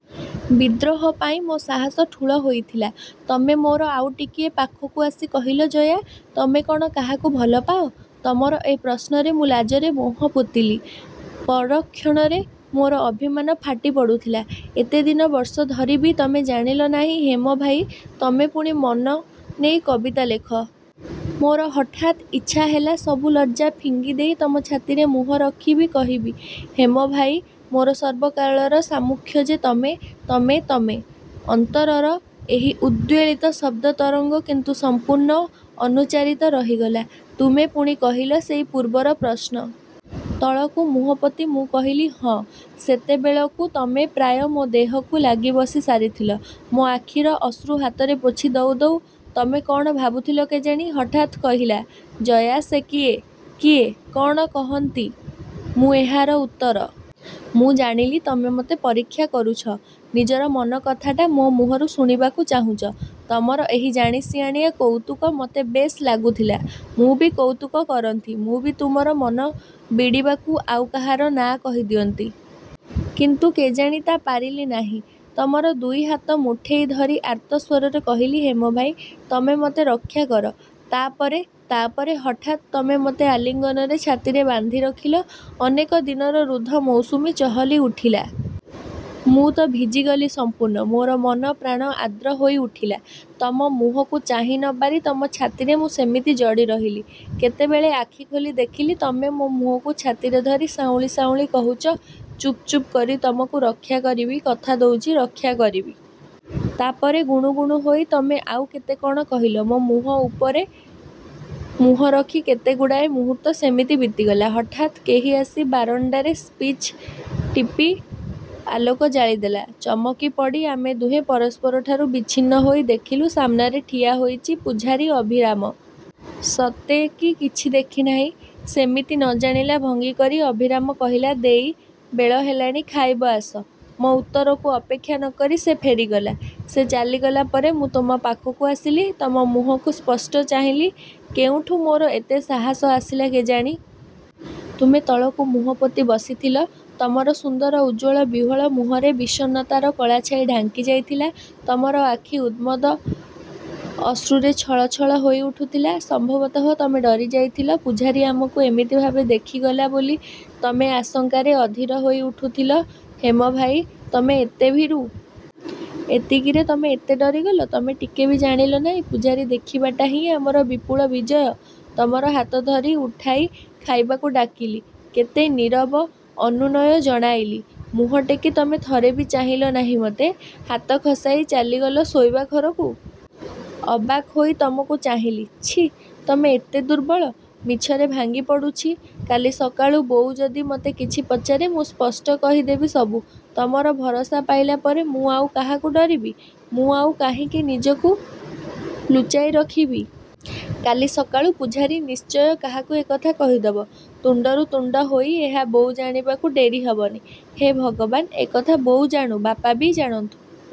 ବିଦ୍ରୋହ ପାଇଁ ମୋ ସାହସ ଠୁଳ ହୋଇଥିଲା? ତମେ ମୋର ଆଉ ଟିକିଏ ପାଖକୁ ଆସି କହିଲ, ଜୟା ତମେ କ'ଣ କାହାକୁ ଭଲ ପାଅ-? ତମର ଏ ପ୍ରଶ୍ନରେ ମୁଁ ଲାଜରେ ମୁହଁ ପୋତିଲି। ପର କ୍ଷଣରେ ମୋର ଅଭିମାନ ଫାଟି ପଡ଼ୁଥିଲା। ଏତେ ଦିନ, ବର୍ଷ ଧରି ବି ତମେ ଜାଣିଲ ନାହିଁ ହେମ ଭାଇ, ତମେ ପୁଣି ମନ ନେଇ କବିତା ଲେଖ। ମୋର ହଠାତ୍ ଇଚ୍ଛା ହେଲା, ସବୁ ଲଜ୍ଜା ଫିଙ୍ଗି ଦେଇ ତମ ଛାତିରେ ମୁହ ରଖି କହିବି, ହେମଭାଇ, ମୋର ସର୍ବକାଳର ସାମ୍ମୁଖ୍ୟ ଯେ ତମେ, ତମେ, ତମେ? ଅନ୍ତରର ଏହି ଉଦ୍ବେଳିତ ଶବ୍ଦ ତରଙ୍ଗ କିନ୍ତୁ ସଂପୂର୍ଣ୍ଣ ଅନୁଚ୍ଚାରିତ ରହିଗଲା। ତମେ ପୁଣି କହିଲ, ସେହି ପୂର୍ବର ପ୍ରଶ୍ନ। ତଳକୁ ମୁହଁ ପୋତି ମୁଁ କହିଲି ହଁ। ସେତେବେଳକୁ ତମେ ପ୍ରାୟ ମୋ ଦେହକୁ ଲାଗି ବସି ସାରିଥିଲ। ମୋ ଆଖିର ଅଶ୍ରୁ ହାତରେ ପୋଛି ଦଉ ଦଉ ତମେ କ'ଣ ଭାବୁଥିଲ କେଜାଣି। ହଠାତ୍ କହିଲ। ଜୟା, ସେ କିଏ? କିଏ? କ'ଣ କହନ୍ତି ମୁଁ ଏହାର ଉତ୍ତର? ମୁଁ ଜାଣିଲି, ତମେ ମତେ ପରୀକ୍ଷା କରୁଛ। ନିଜର ମନ କଥାଟା ମୋ ମୁହଁରୁ ଶୁଣିବାକୁ ଚାହୁଁଛି। ତମର ଏହି ଜାଣିସିଆଣିଆ କୌତୁକ ମତେ ବେଶ୍ ଲାଗୁଥିଲା। ମୁଁ ବି କୌତୁକ କରନ୍ତି; ମୁଁ ବି ତୁମର ମନ ବିଡ଼ିବାକୁ ଆଉ କାହାର ନାଁ କହି ଦିଅନ୍ତି। କିନ୍ତୁ କେଜାଣି ତା' ପାରିଲି ନାହିଁ। ତମର ଦୁଇ ହାତ ମୁଠେଇ ଧରି ଆର୍ତ୍ତ ସ୍ଵରରେ କହିଲି, ହେମ ଭାଇ, ତମେ ମତେ ରକ୍ଷା କର। ତା' ପରେ ତା' ପରେ ହଠାତ୍ ତମେ ମତେ ଆଲିଙ୍ଗନରେ ଛାତିରେ ବାନ୍ଧି ରଖିଲ। ଅନେକ ଦିନର ରୁଦ୍ଧ ମୌସୁମୀ ଚହଲି ଉଠିଲା। ମୁଁ ତ ଭିଜିଗଲି ସଂପୂର୍ଣ୍ଣ। ମୋର ମନ ପ୍ରାଣ ଆର୍ଦ୍ର ହୋଇ ଉଠିଲା। ତମ ମୁହଁକୁ ଚାହିଁ ନ ପାରି ତମ ଛାତିରେ ମୁଁ ସେମିତି ଜଡ଼ି ରହିଲି। କେତେବେଳେ ଆଖି ଖୋଲି ଦେଖିଲି, ତମେ ମୋ ମୁହଁକୁ ଛାତିରେ ଧରି ସାଉଁଳି ସାଉଁଳି କହୁଚ, ଚୁପ୍ ଚୁପ୍ କରି, ତମକୁ ରକ୍ଷା କରିବି, କଥା ଦଉଚି, ରକ୍ଷା କରିବି। ତା' ପରେ ଗୁଣୁଗୁଣୁ ହୋଇ ତମେ ଆଉ କେତେ କ'ଣ କହିଲ। ମୋ ମୁହଁ ଉପରେ ମୁହଁ ରଖି କେତେଗୁଡ଼ାଏ ମୁହୂର୍ତ୍ତ ସେମିତି ବିତିଗଲା। ହଠାତ୍ କେହି ଆସି ବାରଣ୍ଡାରେ ସ୍ପିଚ୍ ଟିପି ଆଲୋକ ଜାଳିଦେଲା। ଚମକି। ପଡ଼ି ଆମେ ଦୁହେଁ ପରସ୍ପରଠାରୁ ବିଚ୍ଛିନ୍ନ ହୋଇ ଦେଖିଲୁ, ସାମ୍ନାରେ ଠିଆ ହୋଇଚି ପୁଝାରୀ ଅଭିରାମ। ସତେ କି କିଛି ଦେଖିନାହିଁ। ସେମିତି ନ ଜାଣିଲା ଭଙ୍ଗୀ କରି ଅଭିରାମ କହିଲା–ଦେଈ, ବେଳ ହେଲାଣି ଖାଇବ ଆସ। ମୋ ଉତ୍ତରକୁ ଅପେକ୍ଷା ନ କରି ସେ ଫେରିଗଲା। ସେ ଚାଲିଗଲା ପରେ ମୁଁ ତମ ପାଖକୁ ଆସିଲି। ତମ ମୁହଁକୁ ସ୍ପଷ୍ଟ ଚାହିଁଲି, କେଉଁଠୁ ମୋର ଏତେ ସାହାସ ଆସିଲା କେଜାଣି! ତୁମେ ତଳକୁ ମୁହ ପୋତି ବସିଥିଲ। ତମର ସୁନ୍ଦର ଉଜ୍ଜ୍ୱଳ ବିହ୍ୱଳ ମୁହଁରେ ବିଷର୍ଣ୍ଣତାର କଳାଛାଇ ଢାଙ୍କି ଯାଇଥିଲା। ତମର ଆଖି ଉଦ୍ଗତ ଅଶ୍ରୁରେ ଛଳ ଛଳ ହୋଇ ଉଠୁଥିଲା। ସମ୍ଭବତଃ ତମେ ଡରି ଯାଇଥିଲ। ପୁଝାରୀ ଆମକୁ ଏମିତିଭାବେ ଦେଖିଗଲା ବୋଲି ତମେ ଆଶଙ୍କାରେ ଅଧୀର ହୋଇ ଉଠୁଥିଲ ହେମ ଭାଇ, ତମେ ଏତେ ଭୀରୁ। ଏତିକିରେ ତମେ ଏତେ ଡରିଗଲ? ତମେ ଟିକେ ବି ଜାଣିଲ ନାହିଁ, ପୁଝାରୀ ଦେଖିବାଟା ହିଁ ଆମର ବିପୁଳ ବିଜୟ। ତମର ହାତଧରି ଉଠାଇ, ଖାଇବାକୁ ଡାକିଲି। କେତେ ନୀରବ ଅନୁନୟ ଜଣାଇଲି। ମୁହଁ ଟେକି ତମେ ଥରେ ବି ଚାହିଁଲ ନାହିଁ ମତେ। ହାତ ଖସାଇ ଚାଲିଗଲ ଶୋଇବା ଘରକୁ। ଅବାକ୍ ହୋଇ ତମକୁ ଚାହିଁଲି। ଛିଃ, ତମେ ଏତେ ଦୁର୍ବଳ। ମିଛରେ ଭାଙ୍ଗି ପଡ଼ୁଛି। କାଲି ସକାଳୁ ବୋଉ ଯଦି ମତେ କିଛି ପଚାରେ, ମୁଁ ସ୍ପଷ୍ଟ କହିଦେବି ସବୁ। ତମର ଭରସା ପାଇଲା ପରେ ମୁଁ ଆଉ କାହାକୁ ଡରିବି? ମୁଁ ଆଉ କାହିଁକି ନିଜକୁ ଲୁଚାଇ ରଖିବି? କାଲି ସକାଳୁ ପୁଝାରୀ ନିଶ୍ଚୟ କାହାକୁ ଏ କଥା କହିଦବ। ତୁଣ୍ଡରୁ ତୁଣ୍ଡ ହୋଇ ଏହା ବୋଉ ଜାଣିବାକୁ ଡେରି ହବନି। ହେ ଭଗବାନ୍! ଏ କଥା ବୋଉ ଜାଣୁ, ବାପା ବି ଜାଣନ୍ତୁ।